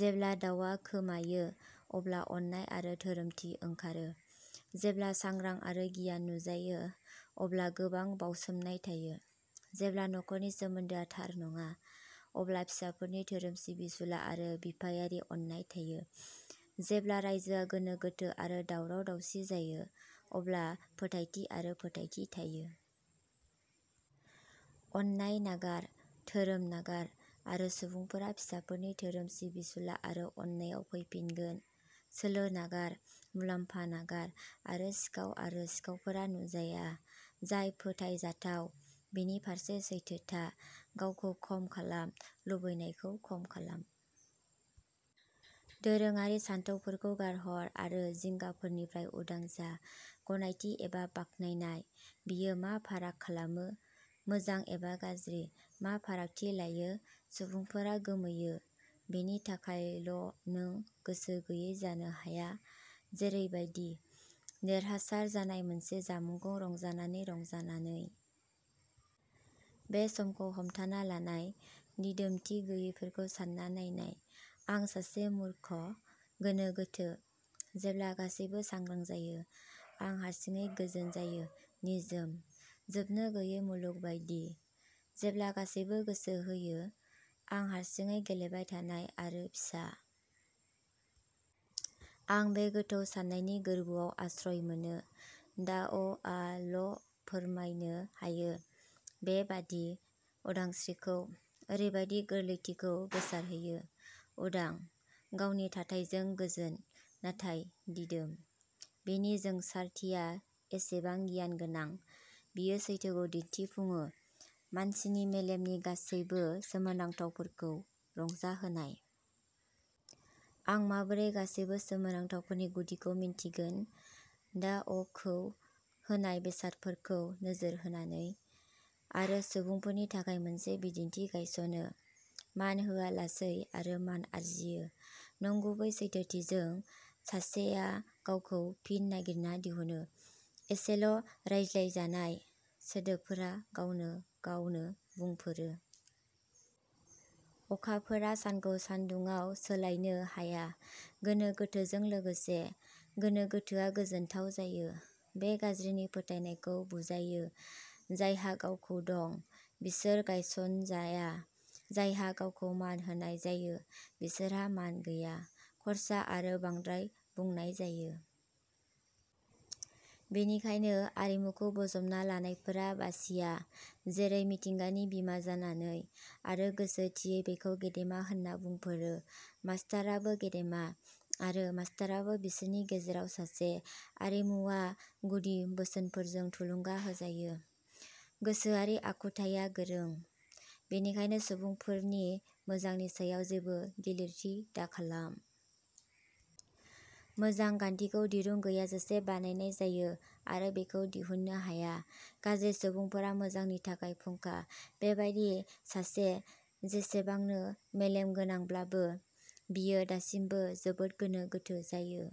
जेब्ला दावआ खोमायो, अब्ला अननाय आरो धोरोमथि ओंखारो। जेब्ला सांग्रा आरो गियान नुजायो, अब्ला गोबां बावसोमनाय थायो। जेब्ला नखरनि सोमोन्दोआ थार नङा, अब्ला फिसाफोरनि धोरोम सिबिसुला आरो बिफायारि अननाय थायो। जेब्ला रायजोआ गोनो गोथो आरो दावराव-दावसि जायो, अब्ला फोथायथि आरो फोथायथि थायो। अननाय नागार, धोरोम नागार; आरो सुबुंफोरा फिसाफोरनि धोरोम सिबिसुला आरो अननायाव फैफिनगोन। सोलो नागार, मुलाम्फा नागार; आरो सिखाव आरो सिखावफोरा नुजाया। जाय फोथायजाथाव, बिनि फारसे सैथो था। गावखौ खम खालाम, लुबैनायखौ खम खालाम। दोरोङारि सानथौफोरखौ गारहर आरो जिंगाफोरनिफ्राय उदां जा। गनायथि एबा बाख्नायनाय, बेयो मा फाराग खालामो? मोजां एबा गाज्रि, मा फारागथि लायो? सुबुंफोरा गोमोयो, बेनि थाखायल'नों गोसो गैयै जानो हाया? जेरैबादि। देरहासार जानाय मोनसे जामुंखौ रंजानानै रंजानानै। बे समखौ हमथाना लानाय! दिदोमथि गैयैफोरखौ सानना नायनाय। आं सासे मूर्ख! गोनो गोथो! जेब्ला गासैबो सांग्रां जायो, आं हारसिङै गोजोन जायो। निजोम! जोबनोगैयै मुलुग बायदि। जेब्ला गासैबो गोसो होयो, आं हारसिङै गेलेबाय थानाय आरो फिसा। आं बे गोथौ साननायनि गोरबोआव आश्रय मोनो। दाअ'आ ल'फोरमायनो हायो। बेबादि उदांस्रिखौ, ओरैबादि गोरलैथिखौ गोसारहोयो। उदां! गावनि थाथायजों गोजोन, नाथाय दिदोम। बेनि जोंसारथिया एसेबां गियानगोनां, बेयो सैथोखौ दिन्थिफुङो। मानसिनि मेलेमनि गासैबो सोमोनांथावफोरखौ रंजाहोनाय। आं माबोरै गासैबो सोमोनांथावफोरनि गुदिखौ मिन्थिगोन? दाअ'खौ होनाय बेसादफोरखौ नोजोर होनानै। आरो सुबुंफोरनि थाखाय मोनसे बिदिन्थि गायसनो। मान होआलासै आरो मान आरजियो। नंगुबै सैथोथिजों, सासेया गावखौ फिन नागिरना दिहुनो। एसेल'रायज्लायजानाय, सोदोबफोरा गावनो गावनो बुंफोरो। अखाफोरआ सानखौ सान्दुंआव सोलायनो हाया। गोनो गोथोजों लोगोसे, गोनो गोथोआ गोजोनथाव जायो। बे गाज्रिनि फोथायनायखौ बुजायो। जायहा गावखौ दं, बिसोर गायसनजाया। जायहा गावखौ मान होनाय जायो, बिसोरहा मान गैया। खर्सा आरो बांद्राय बुंनाय जायो। बेनिखायनो आरिमुखौ बोजबना लानायफोरा बासिया। जेरै मिथिंगानि बिमा जानानै। आरो गोसो थियै बेखौ गेदेमा होन्ना बुंफोरो। मास्ताराबो गेदेमा। आरो मास्ताराबो बिसोरनि गेजेराव सासे। आरिमुआ गुदि बोसोनफोरजों थुलुंगा होजायो। गोसोआरि आखुथाइआ गोरों। बेनि सुबुंफोरनि मोजांनि सायाव जेबो गिलिरथि दाखालाम। मोजां गान्थिखौ दिरुं गैयाजासे बानायनाय जायो आरो बेखौ दिहुननो हाया। गाज्रि सुबुंफोरा मोजांनि थाखाय फुंखा। बेबायदि सासे जेसेबांनो मेलेमगोनांब्लाबो, बियो दासिमबो जोबोद गोनो गोथो जायो।